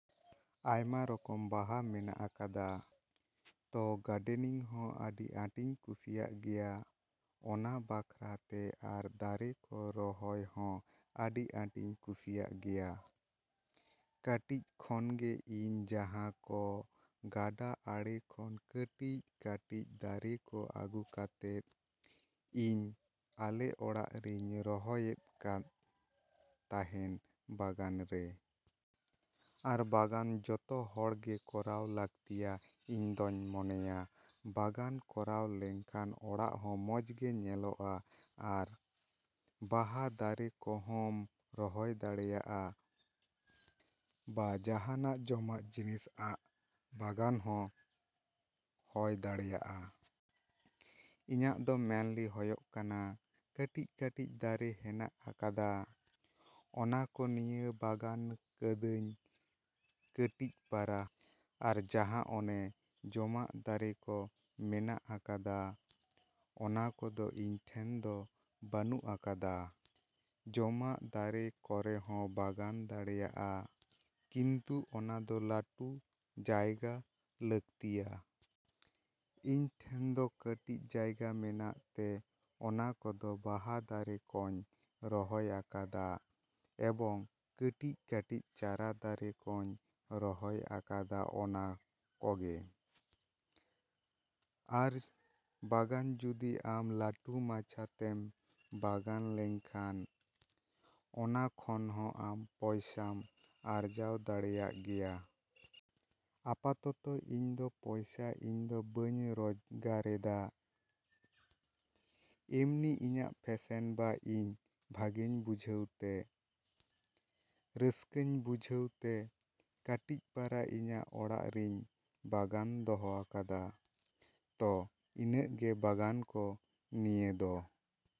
ᱟᱭᱢᱟ ᱨᱚᱠᱚᱢ ᱵᱟᱦᱟ ᱢᱮᱱᱟᱜ ᱟᱠᱟᱫᱟ᱾ ᱛᱚ ᱜᱟᱰᱮᱱᱤᱝ ᱦᱚᱸ ᱟᱹᱰᱤ ᱟᱸᱴᱤᱧ ᱠᱩᱥᱤᱭᱟᱜ ᱜᱮᱭᱟ ᱚᱱᱟ ᱵᱟᱠᱷᱨᱟ ᱛᱮ ᱟᱨ ᱫᱟᱨᱮ ᱠᱚ ᱨᱚᱦᱚᱭ ᱦᱚᱸ ᱟᱹᱰᱤ ᱟᱸᱴᱤᱧ ᱠᱩᱥᱤᱭᱟᱜ ᱜᱮᱭᱟ᱾ ᱠᱟᱹᱴᱤᱡ ᱠᱷᱚᱱ ᱜᱮ ᱤᱧ ᱡᱟᱦᱟᱸ ᱠᱚ ᱜᱟᱰᱟ ᱟᱲᱮ ᱠᱷᱚᱱ ᱠᱟᱹᱴᱤᱡᱼᱠᱟᱹᱴᱤᱡ ᱫᱟᱨᱮ ᱠᱚ ᱟᱹᱜᱩ ᱠᱟᱛᱮᱫ, ᱤᱧ ᱟᱞᱮ ᱚᱲᱟᱜ ᱨᱤᱧ ᱨᱚᱦᱚᱭᱮᱫ ᱠᱟᱱ ᱛᱟᱦᱮᱸᱫ ᱵᱟᱜᱟᱱ ᱨᱮ᱾ ᱟᱨ ᱵᱟᱜᱟᱱ ᱡᱚᱛᱚ ᱦᱚᱲ ᱜᱮ ᱠᱚᱨᱟᱣ ᱞᱟᱹᱠᱛᱤᱭᱟ᱾ ᱤᱧ ᱫᱚᱧ ᱢᱚᱱᱮᱭᱟ, ᱵᱟᱜᱟᱱ ᱠᱚᱨᱟᱣ ᱞᱮᱠᱷᱟᱱ ᱚᱲᱟᱜ ᱦᱚᱸ ᱢᱚᱡᱽ ᱜᱮ ᱧᱮᱞᱚᱜᱼᱟ ᱟᱨ ᱵᱟᱦᱟ ᱫᱟᱨᱮ ᱠᱚᱦᱚᱸᱢ ᱨᱚᱦᱚᱭ ᱫᱟᱲᱮᱭᱟᱜᱼᱟ, ᱵᱟ ᱡᱟᱦᱟᱱᱟᱜ ᱡᱚᱢᱟᱜ ᱡᱤᱱᱤᱥ ᱟᱜ ᱵᱟᱜᱟᱱ ᱦᱚᱸ ᱦᱚᱭ ᱫᱟᱲᱮᱭᱟᱜᱼᱟ᱾ ᱤᱧᱟᱜ ᱫᱚ ᱢᱮᱱᱞᱤ ᱦᱚᱭᱚᱜ ᱠᱟᱱᱟ ᱠᱟᱹᱴᱤᱡᱼᱠᱟᱹᱴᱤᱡ ᱫᱟᱨᱮ ᱦᱮᱱᱟᱜ ᱟᱠᱟᱫᱟ, ᱚᱱᱟ ᱠᱚ ᱱᱤᱭᱮ ᱵᱟᱜᱟᱱ ᱠᱟᱫᱟᱹᱧ ᱠᱟᱹᱴᱤᱡ ᱯᱟᱨᱟ᱾ ᱟᱨ ᱡᱟᱦᱟᱸ ᱚᱱᱮ ᱡᱚᱢᱟᱜ ᱫᱟᱨᱮ ᱠᱚ ᱢᱮᱱᱟᱜ ᱟᱠᱟᱫᱟ, ᱚᱱᱟ ᱠᱚᱫᱚ ᱤᱧ ᱴᱷᱮᱱ ᱫᱚ ᱵᱟᱹᱱᱩᱜ ᱟᱠᱟᱫᱟ᱾ ᱡᱚᱢᱟᱜ ᱫᱟᱨᱮ ᱠᱚᱨᱮ ᱦᱚᱸ ᱵᱟᱜᱟᱱ ᱫᱟᱲᱮᱭᱟᱜᱼᱟ, ᱠᱤᱱᱛᱩ ᱚᱱᱟ ᱫᱚ ᱞᱟᱹᱴᱩ ᱡᱟᱭᱜᱟ ᱞᱟᱹᱠᱛᱤᱜᱼᱟ᱾ ᱤᱧ ᱴᱷᱮᱱ ᱫᱚ ᱠᱟᱹᱴᱤᱡ ᱡᱟᱭᱜᱟ ᱢᱮᱱᱟᱜ ᱛᱮ ᱚᱱᱟ ᱠᱚᱫᱚ ᱵᱟᱦᱟ ᱫᱟᱨᱮ ᱠᱚᱧ ᱨᱚᱦᱚᱭ ᱟᱠᱟᱫᱟ ᱮᱵᱚᱝ ᱠᱟᱹᱴᱤᱡᱼᱠᱟᱹᱴᱤᱡ ᱪᱟᱨᱟ ᱫᱟᱨᱮ ᱠᱚᱧ ᱨᱚᱦᱚᱭ ᱟᱠᱟᱫᱟ ᱚᱱᱟ ᱠᱚᱜᱮ᱾ ᱟᱨ ᱵᱟᱜᱟᱱ ᱡᱩᱫᱤ ᱟᱢ ᱞᱟᱹᱴᱩ ᱢᱟᱪᱷᱟ ᱛᱮᱢ ᱵᱟᱜᱟᱱ ᱞᱮᱠᱷᱟᱱ, ᱚᱱᱟ ᱠᱷᱚᱱ ᱦᱚᱸ ᱟᱢ ᱯᱚᱭᱥᱟᱢ ᱨᱚᱡᱜᱟᱨ ᱫᱟᱲᱮᱭᱟᱜ ᱜᱮᱭᱟ᱾ ᱟᱯᱟᱛᱚᱛᱚ ᱤᱧ ᱫᱚ ᱯᱚᱭᱥᱟ ᱤᱧ ᱫᱚ ᱵᱟᱹᱧ ᱨᱚᱡᱜᱟᱨᱮᱫᱟ, ᱮᱢᱱᱤ ᱤᱧᱟᱜ ᱯᱷᱮᱥᱮᱱ ᱵᱟ ᱤᱧ ᱵᱷᱟᱜᱮᱧ ᱵᱩᱡᱷᱟᱹᱣ ᱛᱮ, ᱨᱟᱹᱥᱠᱟᱹᱧ ᱵᱩᱡᱷᱟᱹᱣ ᱛᱮ ᱠᱟᱹᱴᱤᱡ ᱯᱟᱨᱟ ᱤᱧᱟᱜ ᱚᱲᱟᱜ ᱨᱤᱧ ᱵᱟᱜᱟᱱ ᱫᱚᱦᱚ ᱟᱠᱟᱫᱟ᱾ ᱛᱚ ᱤᱱᱟᱹᱜ ᱜᱮ ᱵᱟᱜᱟᱱ ᱠᱚ ᱱᱤᱭᱮ ᱫᱚ᱾